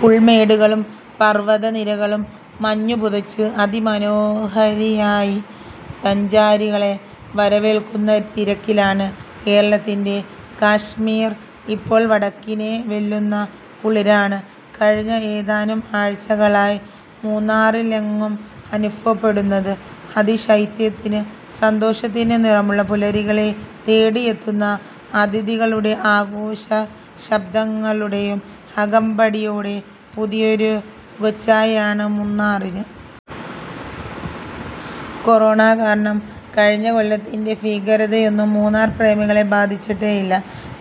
പുൽമേടുകളും പർവ്വത നിരകളും മഞ്ഞു പുതച്ച്, അതി മനോഹരിയായി സഞ്ചാരികളെ വരവേൽക്കുന്ന തിരക്കിലാണ് കേരളത്തിന്റെ കശ്മീർ ഇപ്പോൾ. വടക്കിനെ വെല്ലുന്ന കുളിരാണ് കഴിഞ്ഞ ഏതാനും ആഴ്ചകളായി മൂന്നാറിലെങ്ങും അനുഭവപ്പെടുന്നത്. അതിശൈത്യത്തിന്, സന്തോഷത്തിന്റെ നിറമുള്ള പുലരികളെ തേടിയെത്തുന്ന അതിഥികളുടെ ആഘോഷശബ്ദങ്ങളുടെയും അകമ്പടിയോടെ, പുതിയൊരു മുഖച്ഛായയാണ് മൂന്നാറിന്. കൊറോണ കാരണം കഴിഞ്ഞ കൊല്ലത്തിന്റെ ഭീകരതയൊന്നും മൂന്നാർ പ്രേമികളെ ബാധിച്ചിട്ടേയില്ല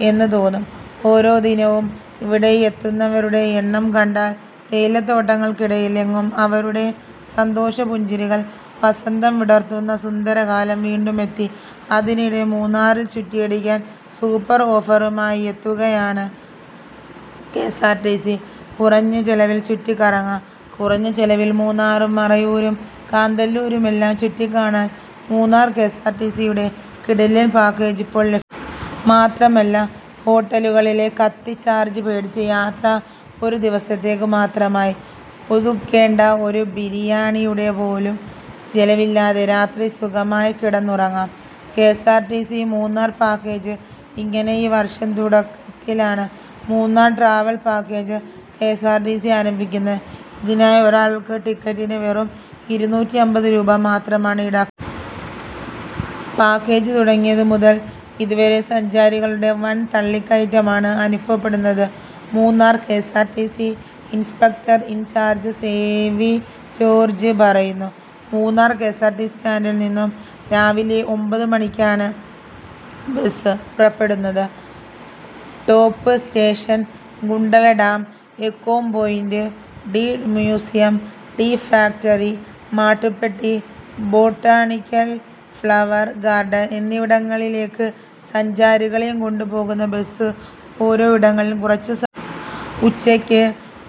എന്ന് തോന്നും ഓരോ ദിനവും ഇവിടെയെത്തുന്നവരുടെ എണ്ണം കണ്ടാൽ. തേയിലത്തോട്ടങ്ങൾക്കിടയിലെങ്ങും അവരുടെ സന്തോഷപ്പുഞ്ചിരികൾ വസന്തം വിടർത്തുന്ന സുന്ദരകാലം വീണ്ടുമെത്തി. അതിനിടെ മൂന്നാറിൽ ചുറ്റിയടിക്കാൻ സൂപ്പർ ഓഫറുമായി എത്തുകയാണ് കെഎസ്ആർടിസി. കുറഞ്ഞ ചെലവിൽ ചുറ്റി കറങ്ങാം കുറഞ്ഞ ചെലവിൽ മൂന്നാറും മറയൂരും കാന്തല്ലൂരുമെല്ലാം ചുറ്റിക്കാണാൻ മൂന്നാർ കെഎസ്ആർടിസിയുടെ കിടിലൻ പാക്കേജ് ഇപ്പോൾ ല. മാത്രമല്ല, ഹോട്ടലുകളിലെ ' കത്തി ചാർജ് ' പേടിച്ച്, യാത്ര ഒരു ദിവസത്തേക്ക് മാത്രമായി ഒതുക്കേണ്ട, ഒരു ബിരിയാണിയുടെ പോലും ചെലവില്ലാതെ രാത്രി സുഖമായി കിടന്നുറങ്ങാം. കെഎസ്ആർടിസി മൂന്നാർ പാക്കേജ് ഇങ്ങനെ ഈ വർഷം തുടക്കത്തിലാണ് മൂന്നാർ ട്രാവൽ പാക്കേജ് കെഎസ്ആർടിസി ആരംഭിക്കുന്നത്. ഇതിനായി, ഒരാൾക്ക് ടിക്കറ്റിനു വെറും ഇരുനൂറ്റിഅമ്പത് രൂപ മാത്രമാണ് ഈടാക്. പാക്കേജ് തുടങ്ങിയത് മുതൽ ഇതുവരെ, സഞ്ചാരികളുടെ വൻ തള്ളിക്കയറ്റമാണ് അനുഭവപ്പെടുന്നത്. Munnar KSRTC inspector in charge Sevi George പറയുന്നു. മൂന്നാർ കെഎസ്ആർടിസി സ്റ്റാൻഡിൽ നിന്നു രാവിലെ ഒൻപതു മണിക്കാണ് ബസ് പുറപ്പെടുന്നത്. സ്‌ടോപ്പ് സ്റ്റേഷൻ, ഗുണ്ടള ഡാം, എക്കോം point, tea museum, tea factory, Mattupetty, botanical flower garden എന്നിവിടങ്ങളിലേക്ക് സഞ്ചാരികളെയും കൊണ്ട് പോകുന്ന ബസ് ഓരോ ഇടങ്ങളിലും കുറച്ചു സ ഉച്ചക്ക്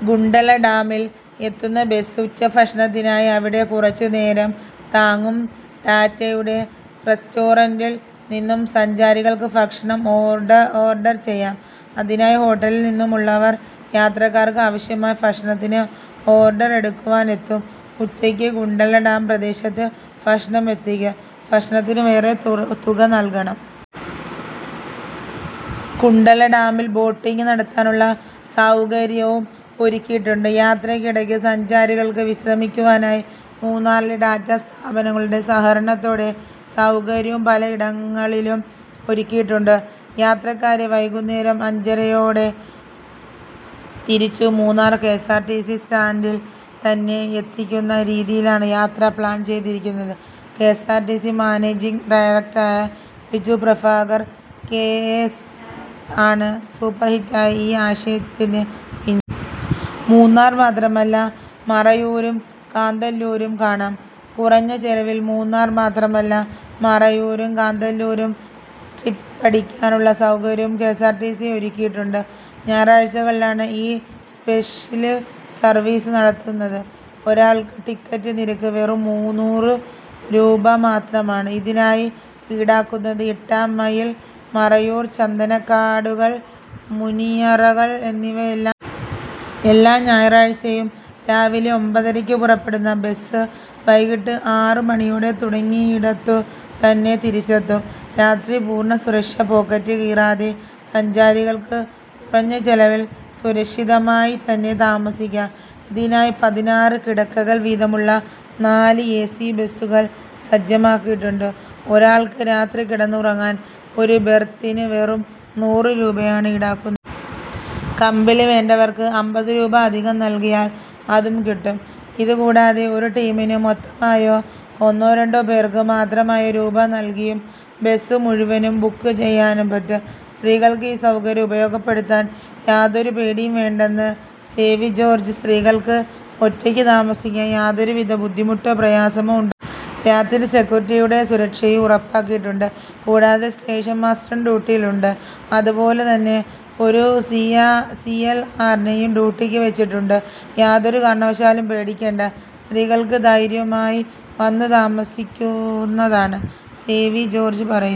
ഗുണ്ടള ഡാമിൽ എത്തുന്ന ബസ്, ഉച്ചക്ഷഭണത്തിനായി അവിടെ കുറച്ചു നേരം താങ്ങും. ടാറ്റയുടെ റസ്റ്റോറന്റിൽ നിന്നും സഞ്ചാരികൾക്ക് ഭക്ഷണം ഓർഡ ഓർഡർ ചെയ്യാം. അതിനായി ഹോട്ടലിൽ നിന്നുമുള്ളവർ യാത്രക്കാർക്ക് ആവശ്യമായ ഭക്ഷണത്തിന് ഓർഡർ എടുക്കുവാൻ എത്തും. ഉച്ചക്ക് കുണ്ടള ഡാം പ്രദേശത്ത് ഭക്ഷണം എത്തിക്കും. ഭക്ഷണത്തിന് വേറെ തുറ് തുക നൽകണം. കുണ്ടള ഡാമിൽ ബോട്ടിങ്ങ് നടത്താനുള്ള സൗകര്യവും ഒരുക്കിയിട്ടുണ്ട്. യാത്രയ്ക്കിടക്ക് സഞ്ചാരികൾക്ക് വിശ്രമിക്കുവാനായി മൂന്നാറിലെ ടാറ്റ സ്ഥാപനങ്ങളുടെ സഹകരണത്തോടെ സൗകര്യവും പലയിടങ്ങളിലും ഒരുക്കിയിട്ടുണ്ട്. യാത്രക്കാരെ വൈകുന്നേരം അഞ്ചരയോടെ തിരിച്ചു മൂന്നാർ കെഎസ്ആർടിസി സ്റ്റാന്റിൽ തന്നെ എത്തിക്കുന്ന രീതിയിലാണ് യാത്ര പ്ലാൻ ചെയ്തിരിക്കുന്നത്.. കെഎസ്ആർടിസി മാനേജിംഗ് ഡയറക്ടറായ Biju Prabhakar K A S ആണ് സൂപ്പർഹിറ്റായ ഈ ആശയത്തിന് പിന്നിൽ. മൂന്നാർ മാത്രമല്ല, മറയൂരും കാന്തല്ലൂരും കാണാം കുറഞ്ഞ ചെലവിൽ മൂന്നാർ മാത്രമല്ല, മറയൂരും കാന്തല്ലൂരും ട്രിപ്പടിക്കാനുള്ള സൗകര്യവും കെഎസ്ആർടിസി ഒരുക്കിയിട്ടുണ്ട്. ഞായറാഴ്ചകളിലാണ് ഈ സ്പെഷ്ല് സർവീസ് നടത്തുന്നത്. ഒരാൾക്ക് ടിക്കറ്റ് നിരക്ക് വെറും മൂന്നൂറ് രൂപ മാത്രമാണ് ഇതിനായി ഈടാക്കുന്നത്. എട്ടാം മൈൽ, മറയൂർ ചന്ദനക്കാടുകൾ, മുനിയറകൾ എന്നിവയെല്ലാം എല്ലാ ഞായറാഴ്ചയും രാവിലെ ഒമ്പതരയ്ക്ക് പുറപ്പെടുന്ന ബസ്, വൈകിട്ട് ആറു മണിയോടെ തുടങ്ങിയിടത്തു തന്നെ തിരിച്ചെത്തും. രാത്രി പൂർണ്ണ സുരക്ഷ, പോക്കറ്റ് കീറാതെ സഞ്ചാരികൾക്ക് കുറഞ്ഞ ചെലവിൽ സുരക്ഷിതമായി തന്നെ താമസിക്കാം. ഇതിനായി പതിനാറ് കിടക്കകൾ വീതമുള്ള നാല് ഏസി ബസുകൾ സജ്ജമാക്കിയിട്ടുണ്ട്. ഒരാൾക്ക് രാത്രി കിടന്നുറങ്ങാൻ, ഒരു ബെർത്തിന് വെറും നൂറ് രൂപയാണ് ഈടാക്കുന്നത്. കമ്പിളി വേണ്ടവർക്ക് അമ്പത് രൂപ അധികം നൽകിയാൽ അതും കിട്ടും. ഇതു, കൂടാതെ ഒരു ടീമിന് മൊത്തമായോ, ഒന്നോ രണ്ടോ പേർക്ക് മാത്രമായോ രൂപ നൽകിയും ബസ് മുഴുവനും ബുക്ക് ചെയ്യാനും പറ്റും. സ്ത്രീകൾക്ക് ഈ സൗകര്യം ഉപയോഗപ്പെടുത്താൻ യാതൊരു പേടിയും വേണ്ടെന്ന് സേവി ജോർജ്, " സ്ത്രീകൾക്ക് ഒറ്റയ്ക്ക് താമസിക്കാൻ യാതൊരുവിധ ബുദ്ധിമുട്ടോ പ്രയാസമോ ഉണ് രാത്രിയിൽ സെക്യൂരിറ്റിയുടെ സുരക്ഷയും ഉറപ്പാക്കിയിട്ടുണ്ട്. കൂടാതെ സ്റ്റേഷൻ മാസ്റ്ററും ഡ്യൂട്ടിയിൽ ഉണ്ട്, അതുപോലെതന്നെ ഒരു സീയാ സി എൽ ആർ നെയും ഡ്യൂട്ടിക്ക് വെച്ചിട്ടുണ്ട്. യാതൊരു കാരണവശാലും പേടിക്കേണ്ട, സ്ത്രീകൾക്ക് ധൈര്യമായി വന്നു താമസിക്കുവുന്നതാണ് " സേവി ജോർജ് പറയുന്നു.